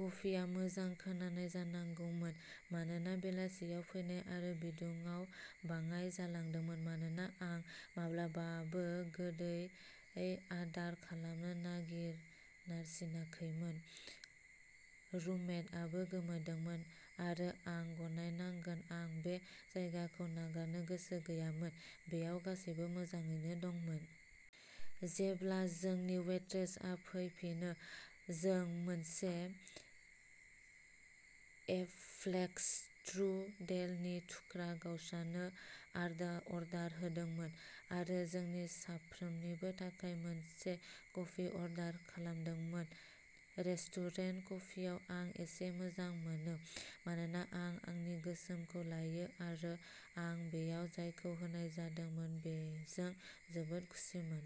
कफिआ मोजां खोनानाय जानांगौमोन। मानोना बेलासियाव फैनाय आरो बिदुंआ बाङाइ जालांदोंमोन। मानोना आं माब्लाबाबो गोदै अडार खालामनो नारसिनाखैमोन। रुममेटआबो गोमोदोंमोन। आरो आं गनायनांगोन आं बै जायगाखौ नागारनो गोसो गैयामोन। बैयाव गासैबो मोजाङैनो दंमोन। जेब्ला जोंनि वेट्रेसआ फैफिनो जों मोनसे एफ्लेस्ट्रुडेलनि थुख्रा गावस्रानो अर्डार होदोंमोन आरो जोंनि साफ्रोमनिबो थाखाय मोनसे कफी अर्डार खालामदोंमोन। रेस्टुरेन्ट क'फियाव आं एसे मोजां मोनो। मानोना आं आंनि गोसोमखौ लायो आरो आं बेयाव जायखौ होनाय जादोंमोन बेजों जोबोद खुसिमोन।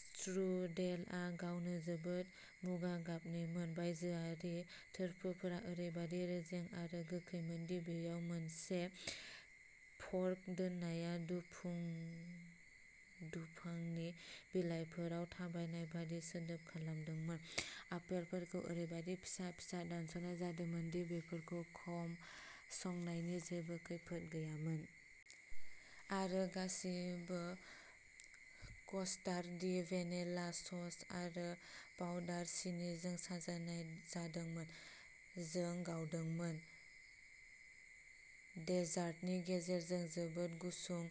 स्ट्रुडेलआ गावनो जोबोद मुगा गाबनिमोन। बायजोआरि थोरफोफोरा ओरैबादि रेजें आरो गोखैमोन दि बेयाव मोनसे फर्क दोननाया दुफुं दुफांनि बिलाइफोराव थाबायनाय बायदि सोदोब खालामदोंमोन। आपेलफोरखौ ओरैबादि फिसा फिसा दानस'नाय जादोंमोन दि बेफोरखौ खम संनायनि जेबो खैफोद गैयामोन। आरो गासिबो कस्टारडि भेनिला सस आरो पाउडार सिनिजों साजायनाय जादोंमोन। जों गावदोंमोन। डेजार्टनि गेजेरजों जोबोद गुसुं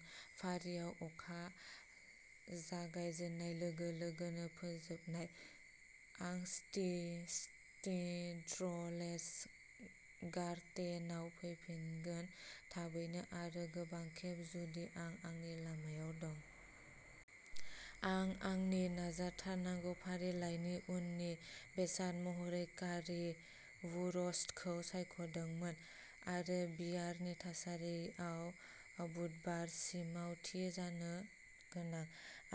फारिआव अखा जागाय जेननाय लोगो-लोगोनो फोजोबनाय। आं स्टि स्टेट्रलेज गारटेनाव फैफिनगोन थाबैनो आरो गोबां खेब जुदि आं आंनि लामायाव दं। आं आंनि नाजाथारनांगौ फारिलाइनि उननि बेसान महरै कारि वुरस्टखौ सायख'दोंमोन। आरो बियारनि थासारियाव बुधबारसिमाव थि जानो गोनां।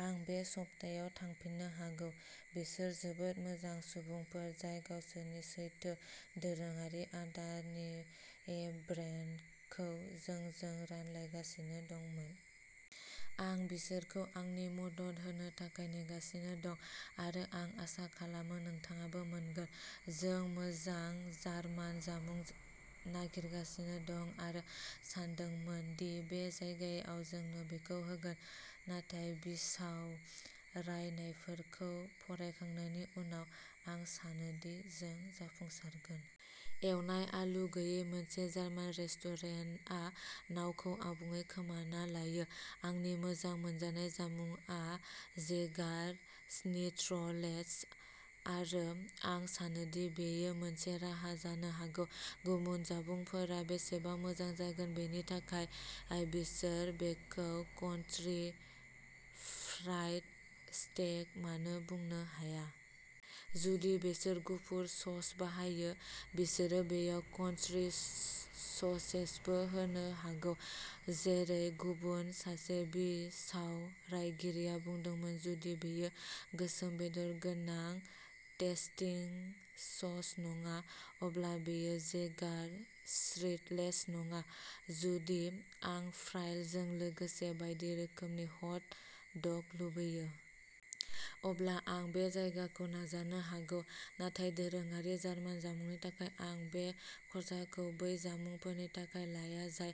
आं बे सप्तायाव थांफिननो हागौ। बिसोर जोबोद मोजां सुबुंफोर जाय गावसोरनि सैथो दोरोङारि आदारनि ब्रेन्डखौ जोंजों रानलायगासिनो दं। आं बिसोरखौ आंनि मदद होनो थाखाय नेगासिनो दं। आरो आं आसा खालामो नोंथाङाबो मोनगोन। जों मोजां जार्मान जामुं नागिरगासिनो दं आरो सानदोंमोन दि बे जायगाया जोंनो बेखौ होगोन। नाथाय बिसावरायनायफोरखौ फरायखांनायनि उनाव। आं सानोदि जों जाफुंसारगोन। एवनाय आलु गैयै मोनसे जार्मान रेस्टुरेन्टआ नावखौ आबुङै खोमाना लायो। आंनि मोजां मोनजानाय जामुंआ जेगार स्निट्रलेज आरो आं सानोदि बेयो मोनसे राहा जानो हागौ। गुबुन जामुंफोरा बेसेबां मोजां जागोन बेनि थाखाय। बिसोर बेखौ कन्ट्रि फ्राइड स्टेक मानो बुंनो हाया। जुदि बिसोर गुफुर सस बाहायो। बिसोर बेयाव कन्ट्रि ससेजबो होनो हागौ। जेरै गुबुन सासे बिसावरायगिरिया बुंदोंमोन जुदि बेयो गोसोम बेदर गोनां टेस्टिं सस नङा। अब्ला बेयो जेगार श्रिटलेज नङा। जुदि आं फ्राइजों लोगोसे बायदि रोखोमनि हट डग लुगैयो। अब्ला आं बे जायगाखौ नाजानो हागौ। नाथाय दोरोङारि जार्मान जामुंनि थाखाय आं बे खरसाखौ बै जामुंफोरनि थाखाय लाया जाय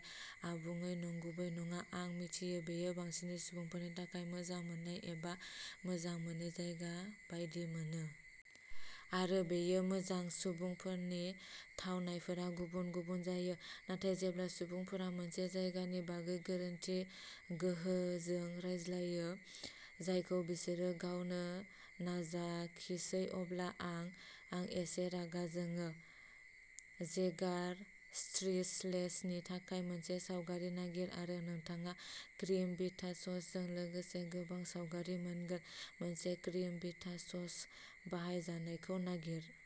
आबुङै नंगुबै नङा। नों मिथियो बेयो बांसिन सुबुंफोरनि थाखाय मोजां मोननाय एबा मोजां मोनै जायगा बायदि मोनो। आरो बेयो मोजां। सुबुंफोरनि थावनायफोरा गुबुन गुबुन जायो। नाथाय जेब्ला सुबुंफोरा मोनसे जायगानि बागै गोरोन्थि गोहोजों रायज्लायो। जायखौ बिसोरो गावनो नाजाखिसै अब्ला आं एसे रागा जोङो। जेगार श्रिजलेजनि थाखाय मोनसे सावगारि नागिर आरो नोंथाङा क्रिम बिथा ससजों लोगोसे गोबां सावगारि मोनगोन। मोनसे क्रिम बिथा सस बाहायजानायखौ नागिर।